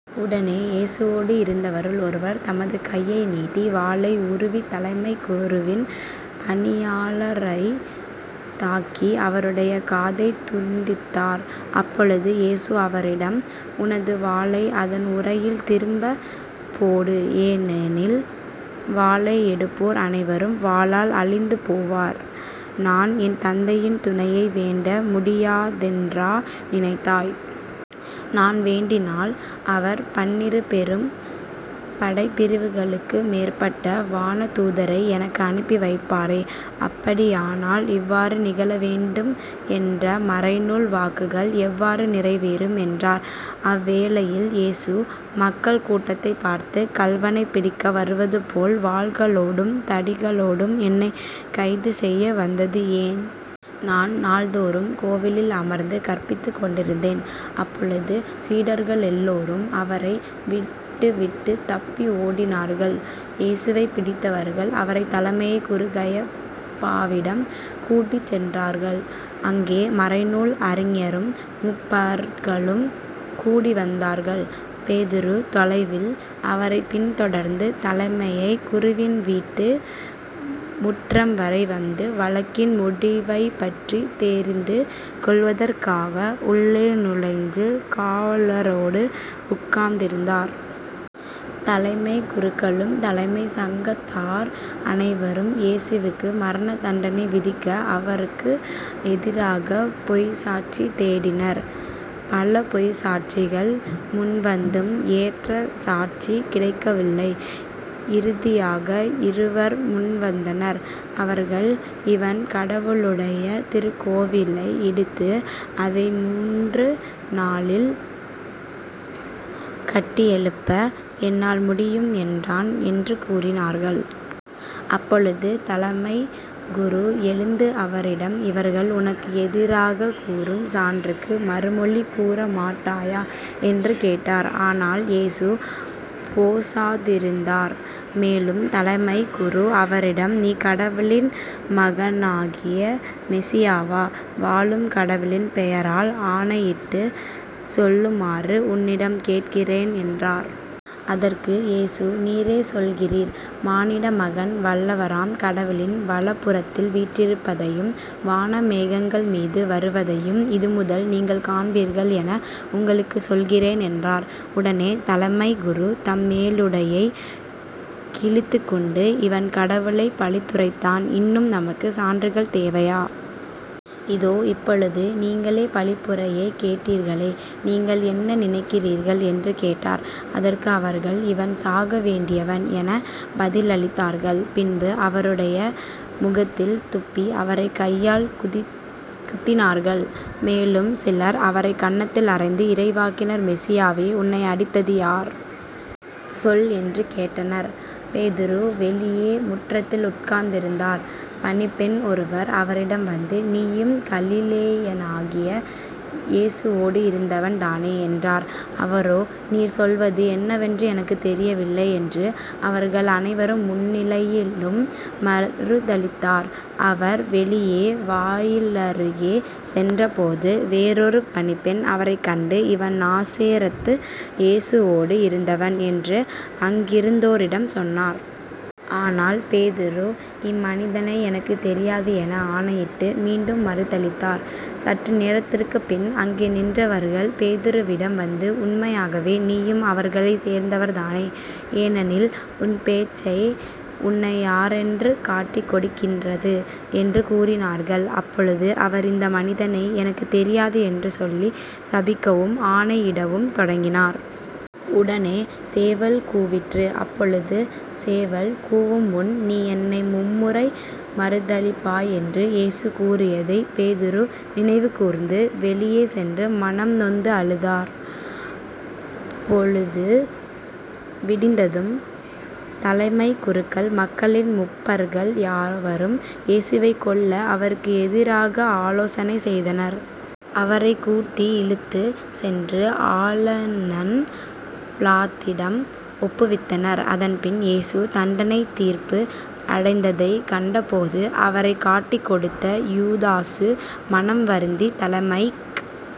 உடனே இயேசுவோடு இருந்தவருள் ஒருவர் தமது கையை நீட்டி வாளை உருவித் தலைமைக் குருவின் பணியாளரைத் தாக்கி அவருடைய காதைத் துண்டித்தார். அப்பொழுது இயேசு அவரிடம் உனது வாளை அதன் உறையில் திரும்பப் போடு. ஏனெனில் வாளை எடுப்போர் அனைவரும் வாளால் அழிந்து போவர். நான் என் தந்தையின் துணையை வேண்ட முடியாதென்றா நினைத்தாய்? நான் வேண்டினால் அவர் பன்னிரு பெரும் படைப்பிரிவுகளுக்கு மேற்பட்ட வானதூதரை எனக்கு அனுப்பி வைப்பாரே. அப்படியானால் இவ்வாறு நிகழவேண்டும் என்ற மறைநூல் வாக்குகள் எவ்வாறு நிறைவேறும்? என்றார். அவ்வேளையில் இயேசு மக்கள் கூட்டத்தைப் பார்த்து கள்வனைப் பிடிக்க வருவதுபோல் வாள்களோடும் தடிகளோடும் என்னைக் கைதுசெய்ய வந்தது ஏன்? நான் நாள்தோறும் கோவிலில் அமர்ந்து கற்பித்துக் கொண்டிருந்தேன். அப்பொழுது சீடர்களெல்லாரும் அவரை விட்டுவிட்டுத் தப்பி ஓடினார்கள். இயேசுவைப் பிடித்தவர்கள் அவரைத் தலைமைக் குரு கயபாவிடம் கூட்டிச்சென்றார்கள். அங்கே மறைநூல் அறிஞரும் முப்பர்களும் கூடி வந்தார்கள். பேதுரு தொலைவில் அவரைப் பின்தொடர்ந்து தலைமைக் குருவின் வீட்டு முற்றம்வரை வந்து வழக்கின் முடிவைப்பற்றித் தெரிந்து கொள்வதற்காக உள்ளே நுழைந்து காவலரோடு உட்கார்ந்திருந்தார். தலைமைக் குருக்களும் தலைமைச் சங்கத்தார் அனைவரும் இயேசுவுக்கு மரண தண்டனை விதிக்க அவருக்கு எதிராகப் பொய்ச் சாட்சி தேடினர். பல பொய்ச் சாட்சிகள் முன்வந்தும் ஏற்ற சாட்சி கிடைக்கவில்லை. இறுதியாக இருவர் முன்வந்தனர். அவர்கள் இவன் கடவுளுடைய திருக்கோவிலை இடித்து அதை முன்று நாளில் கட்டியெழுப்ப என்னால் முடியும் என்றான் என்று கூறினார்கள். அப்பொழுது தலைமைக் குரு எழுந்து அவரிடம் இவர்கள் உனக்கு எதிராகக் கூறும் சான்றுக்கு மறுமொழி கூறமாட்டாயா? என்று கேட்டார். ஆனால் இயேசு போசாதிருந்தார். மேலும் தலைமைக் குரு அவரிடம் நீ கடவுளின் மகனாகிய மெசியாவா? வாழும் கடவுளின் பெயரால் ஆணையிட்டுச் சொல்லுமாறு உன்னிடம் கேட்கிறேன் என்றார். அதற்கு இயேசு நீரே சொல்லுகிறீர் மானிட மகன் வல்லவராம் கடவுளின் வலப்புறத்தில் வீற்றிருப்பதையும் வான மேகங்கள்மீது வருவதையும் இதுமுதல் நீங்கள் காண்பீர்கள் என உங்களுக்குச் சொல்கிறேன் என்றார். உடனே தலைமைக் குரு தம் மேலுடையை கிழித்துக்கொண்டு இவன் கடவுளைப் பழித்துரைத்தான். இன்னும் நமக்குச் சான்றுகள் தேவையா? இதோ இப்பொழுது நீங்களே பழிப்புரையைக் கேட்டீர்களே. நீங்கள் என்ன நினைக்கிறீர்கள்? என்று கேட்டார். அதற்கு அவர்கள் இவன் சாக வேண்டியவன் எனப் பதிலளித்தார்கள். பின்பு அவருடைய முகத்தில் துப்பி அவரைக் கையால் குத்தினார்கள். மேலும் சிலர் அவரைக் கன்னத்தில் அறைந்து இறைவாக்கினர் மெசியாவே உன்னை அடித்தது யார்? சொல் என்று கேட்டனர். பேதுரு வெளியே முற்றத்தில் உட்கார்ந்திருந்தார். பணிப்பெண் ஒருவர் அவரிடம் வந்து நீயும் கலிலேயனாகிய இயேசுவோடு இருந்தவன் தானே என்றார். அவரோ நீர் சொல்வது என்னவென்று எனக்குத் தெரியவில்லை என்று அவர்கள் அனைவர் முன்னிலையிலும் மறுதலித்தார். அவர் வெளியே வாயிலருகே சென்றபோது வேறொரு பணிப்பெண் அவரைக் கண்டு இவன் நாசரேத்து இயேசுவோடு இருந்தவன் என்று அங்கிருந்தோரிடம் சொன்னார். ஆனால் பேதுரு இம்மனிதனை எனக்குத் தெரியாது என ஆணையிட்டு மீண்டும் மறுதலித்தார். சற்று நேரத்திற்குப்பின் அங்கே நின்றவர்கள் பேதுருவிடம் வந்து உண்மையாகவே நீயும் அவர்களைச் சேர்ந்தவனே ஏனெனில் உன் பேச்சே உன்னை யாரென்று காட்டிக்கொடுக்கிறது என்று கூறினார்கள். அப்பொழுது அவர் இந்த மனிதனை எனக்குத் தெரியாது என்று சொல்லிச் சபிக்கவும் ஆணையிடவும் தொடங்கினார். உடனே சேவல் கூவிற்று. அப்பொழுது சேவல் கூவுமுன் நீ என்னை மும்முறை மறுதலிப்பாய் என்று இயேசு கூறியதைப் பேதுரு நினைவுகூர்ந்து வெளியே சென்று மனம் நொந்து அழுதார். பொழுது விடிந்ததும் தலைமைக் குருக்கள் மக்களின் முப்பர்கள் யாவரும் இயேசுவைக் கொல்ல அவருக்கு எதிராக ஆலோசனை செய்தனர். அவரைக் கூட்டி இழுத்துச் சென்று ஆளநன் பிலாத்திடம் ஒப்புவித்தனர். அதன்பின் இயேசு தண்டனைத் தீர்ப்பு அடைந்ததைக் கண்டபோது அவரைக் காட்டிக்கொடுத்த யூதாசு மனம் வருந்தி தலைமைக்